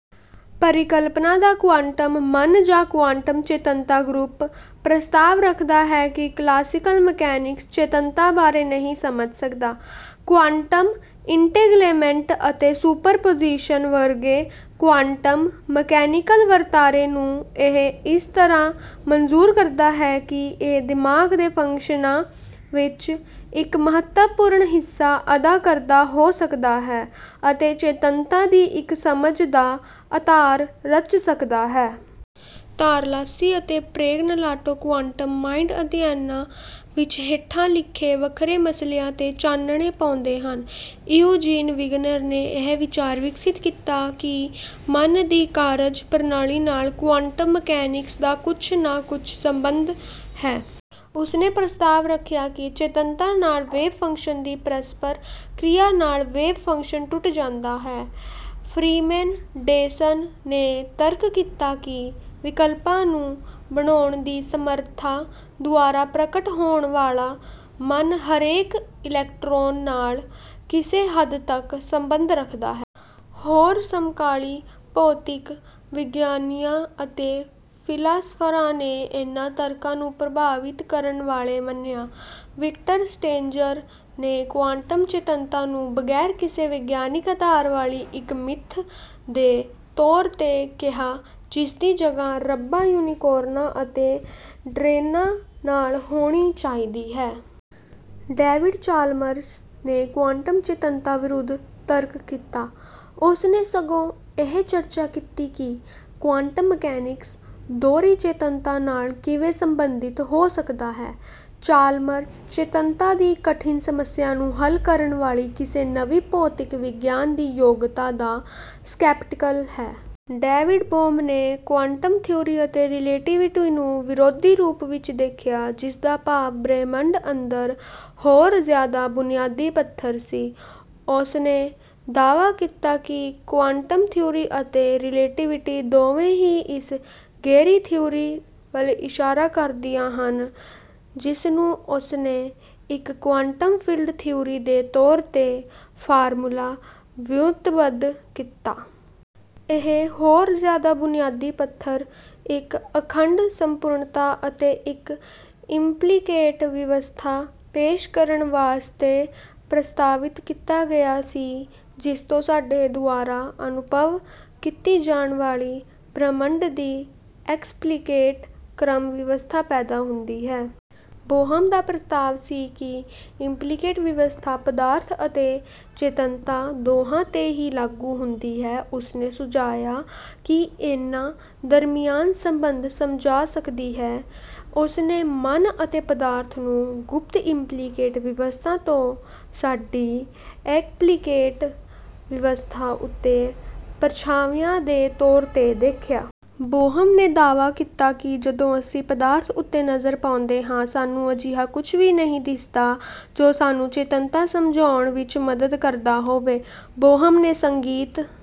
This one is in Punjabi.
ਪਰਿਕਲਪਨਾ ਦਾ ਕੁਆਂਟਮ ਮਨ ਜਾਂ ਕੁਆਂਟਮ ਚੇਤੰਨਤਾ ਗਰੁੱਪ ਪ੍ਰਸਤਾਵ ਰੱਖਦਾ ਹੈ ਕਿ ਕਲਾਸੀਕਲ ਮਕੈਨਿਕਸ ਚੇਤੰਨਤਾ ਬਾਰੇ ਨਹੀਂ ਸਮਝਾ ਸਕਦਾ। ਕੁਆਂਟਮ ਇੰਟੈਂਗਲਮੈਂਟ ਅਤੇ ਸੁਪਰਪੁਜੀਸ਼ਨ ਵਰਗੇ ਕੁਆਂਟਮ ਮਕੈਨੀਕਲ ਵਰਤਾਰੇ ਨੂੰ ਇਹ ਇਸ ਤਰਾਂ ਮਨਜ਼ੂਰ ਕਰਦਾ ਹੈ ਕਿ ਇਹ ਦਿਮਾਗ ਦੇ ਫੰਕਸ਼ਨਾਂ ਵਿੱਚ ਇੱਕ ਮਹੱਤਵਪੂਰਨ ਹਿੱਸਾ ਅਦਾ ਕਰਦਾ ਹੋ ਸਕਦਾ ਹੈ ਅਤੇ ਚੇਤੰਨਤਾ ਦੀ ਇੱਕ ਸਮਝ ਦਾ ਅਧਾਰ ਰਚ ਸਕਦਾ ਹੈ। ਤਾਰਲਾਸੀ ਅਤੇ ਪ੍ਰੈਗਨੋਲਾਤੋ ਕੁਆਂਟਮ ਮਾਈਂਡ ਅਧਿਐਨਾਂ ਵਿੱਚ ਹੇਠਾਂ ਲਿਖੇ ਵੱਖਰੇ ਮਸਲਿਆਂ ਤੇ ਚਾਨਣੇ ਪਾਉਂਦੇ ਹਨ। ਇਉਜੀਨ ਵਿਗਨਰ ਨੇ ਇਹ ਵਿਚਾਰ ਵਿਕਸਿਤ ਕੀਤਾ ਕਿ ਮਨ ਦੀ ਕਾਰਜ ਪ੍ਰਣਾਲੀ ਨਾਲ ਕੁਆਂਟਮ ਮਕੈਨਿਕਸ ਦਾ ਕੁੱਝ ਨਾ ਕੁੱਝ ਸਬੰਧ ਹੈ। ਉਸਨੇ ਪ੍ਰਸਤਾਵ ਰੱਖਿਆ ਕਿ ਚੇਤੰਨਤਾ ਨਾਲ ਵੇਵ ਫੰਕਸ਼ਨ ਦੀ ਪਰਸਪਰ ਕ੍ਰਿਆ ਨਾਲ ਵੇਵ ਫੰਕਸ਼ਨ ਟੁੱਟ ਜਾਂਦਾ ਹੈ। ਫ੍ਰੀਮੈਨ ਡੇਅਸਨ ਨੇ ਤਰਕ ਕੀਤਾ ਕਿ ਵਿਕਲਪਾਂ ਨੂੰ ਬਣਾਉਣ ਦੀ ਸਮਰਥਾ ਦੁਆਰਾ ਪ੍ਰਗਟ ਹੋਣ ਵਾਲਾ ਮਨ ਹਰੇਕ ਇਲੈਕਟ੍ਰੌਨ ਨਾਲ ਕਿਸੇ ਹੱਦ ਤੱਕ ਸਬੰਧ ਰੱਖਦਾ ਹੈ। ਹੋਰ ਸਮਕਾਲੀ ਭੌਤਿਕ ਵਿਗਿਆਨੀਆਂ ਅਤੇ ਫਿਲਾਸਫਰਾਂ ਨੇ ਇਹਨਾਂ ਤਰਕਾਂ ਨੂੰ ਪ੍ਰਭਾਵਿਤ ਕਰਨ ਵਾਲੇ ਮੰਨਿਆ। ਵਿਕਟਰ ਸਟੈਂਜਰ ਨੇ ਕੁਆਂਟਮ ਚੇਤੰਨਤਾ ਨੂੰ ਬਗੈਰ ਕਿਸੇ ਵਿਗਿਆਨਿਕ ਅਧਾਰ ਵਾਲੀ ਇੱਕ ਮਿੱਥ ਦੇ ਤੌਰ ਤੇ ਕਿਹਾ ਜਿਸਦੀ ਜਗਹ ਰੱਬਾਂ ਯੂਨੀਕੌਰਨਾਂ ਅਤੇ ਡ੍ਰੈਨਾਂ ਨਾਲ ਹੋਣੀ ਚਾਹੀਦੀ ਹੈ। ਡੇਵਿਡ ਚਾਲਮਰਸ ਨੇ ਕੁਆਂਟਮ ਚੇਤੰਨਤਾ ਵਿਰੁੱਧ ਤਰਕ ਕੀਤਾ। ਉਸਨੇ ਸਗੋਂ ਇਹ ਚਰਚਾ ਕੀਤੀ ਕਿ ਕੁਆਂਟਮ ਮਕੈਨਿਕਸ ਦੋਹਰੀ ਚੇਤੰਨਤਾ ਨਾਲ ਕਿਵੇਂ ਸਬੰਧਿਤ ਹੋ ਸਕਦਾ ਹੈ। ਚਾਲਮਰਸ ਚੇਤੰਨਤਾ ਦੀ ਕਠਿਨ ਸਮੱਸਿਆ ਨੂੰ ਹੱਲ ਕਰਨ ਵਾਲੀ ਕਿਸੇ ਨਵੀਂ ਭੌਤਿਕ ਵਿਗਿਆਨ ਦੀ ਯੋਗਤਾ ਦਾ ਸਕੈਪਟੀਕਲ ਹੈ। ਡੇਵਿਡ ਬੋਹਮ ਨੇ ਕੁਆਂਟਮ ਥਿਊਰੀ ਅਤੇ ਰਿਲੇਟੀਵਿਟੀ ਨੂੰ ਵਿਰੋਧੀ ਰੂਪ ਵਿੱਚ ਦੇਖਿਆ ਜਿਸਦਾ ਭਾਵ ਬ੍ਰਹਿਮੰਡ ਅੰਦਰ ਹੋਰ ਜਿਆਦਾ ਬੁਨਿਆਦੀ ਪੱਥਰ ਸੀ। ਉਸਨੇ ਦਾਅਵਾ ਕੀਤਾ ਕਿ ਕੁਆਂਟਮ ਥਿਊਰੀ ਅਤੇ ਰਿਲੇਟੀਵਿਟੀ ਦੋਵੇਂ ਹੀ ਇਸ ਗਹਿਰੀ ਥਿਊਰੀ ਵੱਲ ਇਸ਼ਾਰਾ ਕਰਦੀਆਂ ਹਨ ਜਿਸਨੂੰ ਉਸਨੇ ਇੱਕ ਕੁਆਂਟਮ ਫੀਲਡ ਥਿਊਰੀ ਦੇ ਤੌਰ ਤੇ ਫਾਰਮੂਲਾ ਵਿਓਂਤਬੱਧ ਕੀਤਾ। ਇਹ ਹੋਰ ਜਿਆਦਾ ਬੁਨਿਆਦੀ ਪੱਧਰ ਇੱਕ ਅਖੰਡ ਸੰਪੂਰਣਤਾ ਅਤੇ ਇੱਕ ਇੰਪਲੀਕੇਟ ਵਿਵਸਥਾ ਪੇਸ਼ ਕਰਨ ਵਾਸਤੇ ਪ੍ਰਸਤਾਵਿਤ ਕੀਤਾ ਗਿਆ ਸੀ ਜਿਸਤੋਂ ਸਾਡੇ ਦੁਆਰਾ ਅਨੁਭਵ ਕੀਤੀ ਜਾਣ ਵਾਲੀ ਬ੍ਰਹਿਮੰਡ ਦੀ ਐਕਸਪਲੀਕੇਟ ਕ੍ਰਮ ਵਿਵਸਥਾ ਪੈਦਾ ਹੁੰਦੀ ਹੈ। ਬੋਹਮ ਦਾ ਪ੍ਰਸਤਾਵ ਸੀ ਕਿ ਇੰਪਲੀਕੇਟ ਵਿਵਸਥਾ ਪਦਾਰਥ ਅਤੇ ਚੇਤਨੰਤਾ ਦੋਹਾਂ ਤੇ ਹੀ ਲਾਗੂ ਹੁੰਦੀ ਹੈ। ਉਸਨੇ ਸੁਝਾਇਆ ਕਿ ਇਹਨਾਂ ਦਰਮਿਆਨ ਸਬੰਧ ਸਮਝਾ ਸਕਦੀ ਹੈ। ਉਸਨੇ ਮਨ ਅਤੇ ਪਦਾਰਥ ਨੂੰ ਗੁਪਤ ਇੰਪਲੀਕੇਟ ਵਿਵਸਥਾ ਤੋਂ ਸਾਡੀ ਐਕਪਲੀਕੇਟ ਵਿਵਸਥਾ ਉੱਤੇ ਪ੍ਰਛਾਵਿਆਂ ਦੇ ਤੌਰ ਤੇ ਦੇਖਿਆ। ਬੋਹਮ ਦੇ ਦਾਅਵਾ ਕੀਤਾ ਕਿ ਜਦੋਂ ਅਸੀਂ ਪਦਾਰਥ ਉੱਤੇ ਨਜ਼ਰ ਪਾਉਂਦੇ ਹਾਂ ਸਾਨੂੰ ਅਜਿਹਾ ਕੁੱਝ ਵੀ ਨਹੀਂ ਦਿਸਦਾ ਜੋ ਸਾਨੂੰ ਚੇਤਨੰਤਾ ਸਮਝਾਉਣ ਵਿੱਚ ਮੱਦਦ ਕਰਦਾ ਹੋਵੇ। ਬੋਹਮ ਨੇ ਸੰਗੀਤ